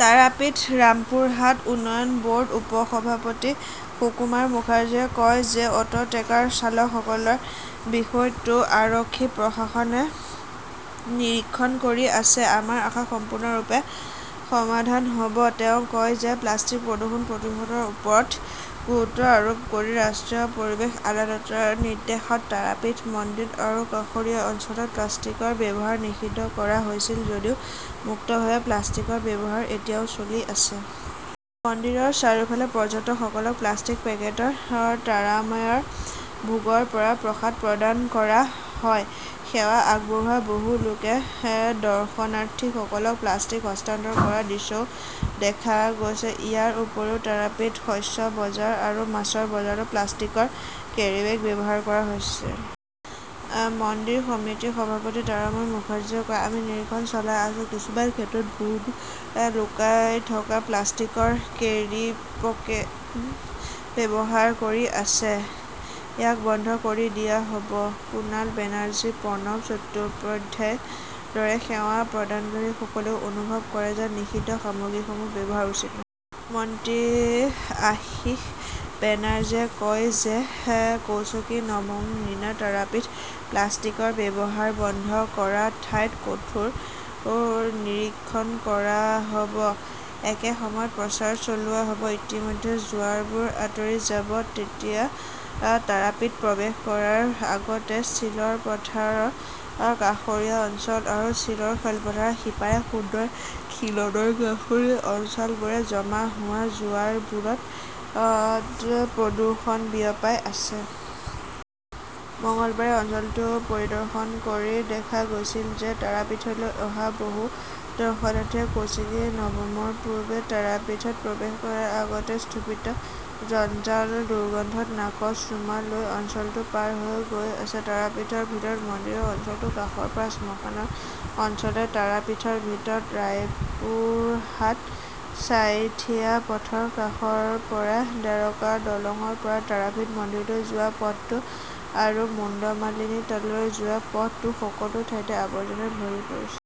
তাৰাপীথ ৰামপুৰহাট উন্নয়ন বৰ্ডৰ উপসভাপতি সুকুমাৰ মুখাৰ্জীয়ে কয় যে অটো, ট্ৰেকাৰ চালকসকলৰ বিষয়টো আৰক্ষী, প্ৰশাসনে নিৰীক্ষণ কৰি আছে। আমাৰ আশা সম্পূৰ্ণৰূপে সমাধান হ'ব। তেওঁ কয়, প্লাষ্টিক প্ৰদূষণ প্ৰতিৰোধৰ ওপৰত গুৰুত্ব আৰোপ কৰি ৰাষ্ট্ৰীয় পৰিৱেশ আদালতৰ নিৰ্দেশত তাৰাপীঠ মন্দিৰ আৰু কাষৰীয়া অঞ্চলত প্লাষ্টিকৰ ব্যৱহাৰ নিষিদ্ধ কৰা হৈছিল যদিও মুক্তভাৱে প্লাষ্টিকৰ ব্যৱহাৰ এতিয়াও চলি আছে। মন্দিৰৰ চাৰিওফালে পৰ্যটকসকলক প্লাষ্টিকৰ পেকেটত তাৰামায়েৰ ভোগৰ পৰা প্ৰসাদ প্ৰদান কৰা হয়। সেৱা আগবঢ়োৱা বহু লোকে দৰ্শনাৰ্থীসকলক প্লাষ্টিক হস্তান্তৰ কৰাৰ দৃশ্যও দেখা গৈছে। ইয়াৰ উপৰিও তাৰাপীঠ শস্য বজাৰ আৰু মাছ বজাৰতো প্লাষ্টিকৰ কেৰিব্যাগ ব্যৱহাৰ কৰা হৈছিল। মন্দিৰ সমিতিৰ সভাপতি তাৰামায়া মুখাৰ্জীয়ে কয়, আমি নিৰীক্ষণ চলাই আছো। কিছুমান ক্ষেত্ৰত বহুতে লুকাই থকা প্লাষ্টিকৰ কেৰিপকেট ব্যৱহাৰ কৰি আছে। ইয়াক বন্ধ কৰি দিয়া হ'ব। কুণাল বেনাৰ্জী, প্ৰণৱ চট্টোপাধ্যায়ৰ দৰে সেৱা প্ৰদানকাৰীসকলেও অনুভৱ কৰে যে নিষিদ্ধ সামগ্ৰীসমূহ ব্যৱহাৰ কৰা উচিত নহয়। মন্ত্ৰী আশীষ বেনাৰ্জীয়ে কয়, কৌশিকী নৱমৰ দিনা তাৰাপীঠত প্লাষ্টিকৰ ব্যৱহাৰ বন্ধ কৰাৰ ওপৰত কঠোৰ নিৰীক্ষণ কৰা হ'ব। একে সময়তে প্ৰচাৰ চলোৱা হ'ব। যেতিয়া জোৱাৰবোৰ আঁতৰি যাব তেতিয়া তাৰাপীঠত প্ৰৱেশ কৰাৰ আগতে চিলৰ খেলপথাৰৰ কাষৰীয়া অঞ্চল বা চিলৰ খেলপথাৰৰ সিপাৰে সুন্দৰ খিলানৰ কাষৰ অঞ্চলবোৰে জমা হোৱা জোৱাৰবোৰত প্ৰদূষণ বিয়পাই আছে। মঙলবাৰে অঞ্চলটো পৰিদৰ্শন কৰি দেখা গৈছিল যে তাৰাপীঠলৈ অহা বহু দৰ্শনাৰ্থীয়ে কৌশিকী নৱমৰ পূৰ্বে তাৰাপীঠত প্ৰৱেশ কৰাৰ আগতে স্তূপিত জঞ্জালৰ দুৰ্গন্ধত নাকত ৰুমাল লৈ অঞ্চলটো পাৰ হৈ গৈ আছে। তাৰাপীঠৰ ভিতৰত মন্দিৰ অঞ্চলৰ কাষৰ পৰা শ্মশান অঞ্চললৈ, তাৰাপীঠৰ ভিতৰত ৰামপুৰহাট ছাইথিয়া পথৰ কাষৰ কাষৰ পৰা, দ্বাৰকা দলংৰ পৰা তাৰাপীঠ মন্দিৰলৈ যোৱা পথটো আৰু মুণ্ডমালিনী তলালৈ যোৱা পথটো সকলো ঠাইতে আৱৰ্জনাৰে ভৰি পৰিছে।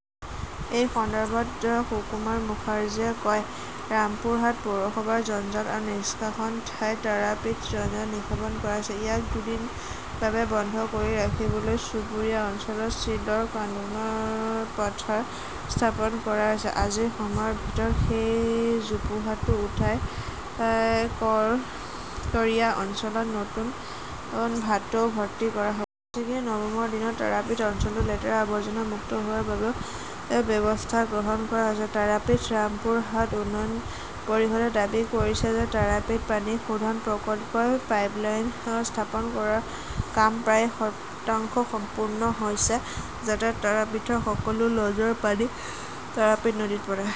এই সন্দৰ্ভত সুকুমাৰ মুখাৰ্জীয়ে কয়, ৰামপুৰহাট পৌৰসভাৰ জঞ্জাল নিষ্কাশন স্থানত তাৰাপীঠৰ জঞ্জাল নিক্ষেপ কৰা হৈছিল। ইয়াক দুদিনৰ বাবে বন্ধ কৰি ৰাখিবলৈ চুবুৰীয়া অঞ্চলত চিলৰ কান্দোনৰ পথাৰ স্থাপন কৰা হৈছে। আজি সময়ৰ ভিতৰত সেই জোপোহাটো উঠাই কৰকাৰিয়া অঞ্চলত নতুন ভাটেৰে ভৰ্তি কৰা হ'ব। কৌশিকী নৱমৰ দিনত তাৰাপীঠ অঞ্চলটো লেতেৰা, আৱৰ্জনা মুক্ত হোৱাৰ বাবেও ব্যৱস্থা গ্ৰহণ কৰা হৈছে। তাৰাপীঠ ৰামপুৰহাট উন্নয়ন পৰিষদে দাবী কৰিছে যে তাৰাপীঠৰ পানী শোধন প্ৰকল্পত পাইপলাইন স্থাপনৰ কাম প্ৰায় শতাংশ সম্পূৰ্ণ হৈছে যাতে তাৰাপীঠৰ সকলো লজৰ পানী তাৰাপীঠ নদীত নপৰে।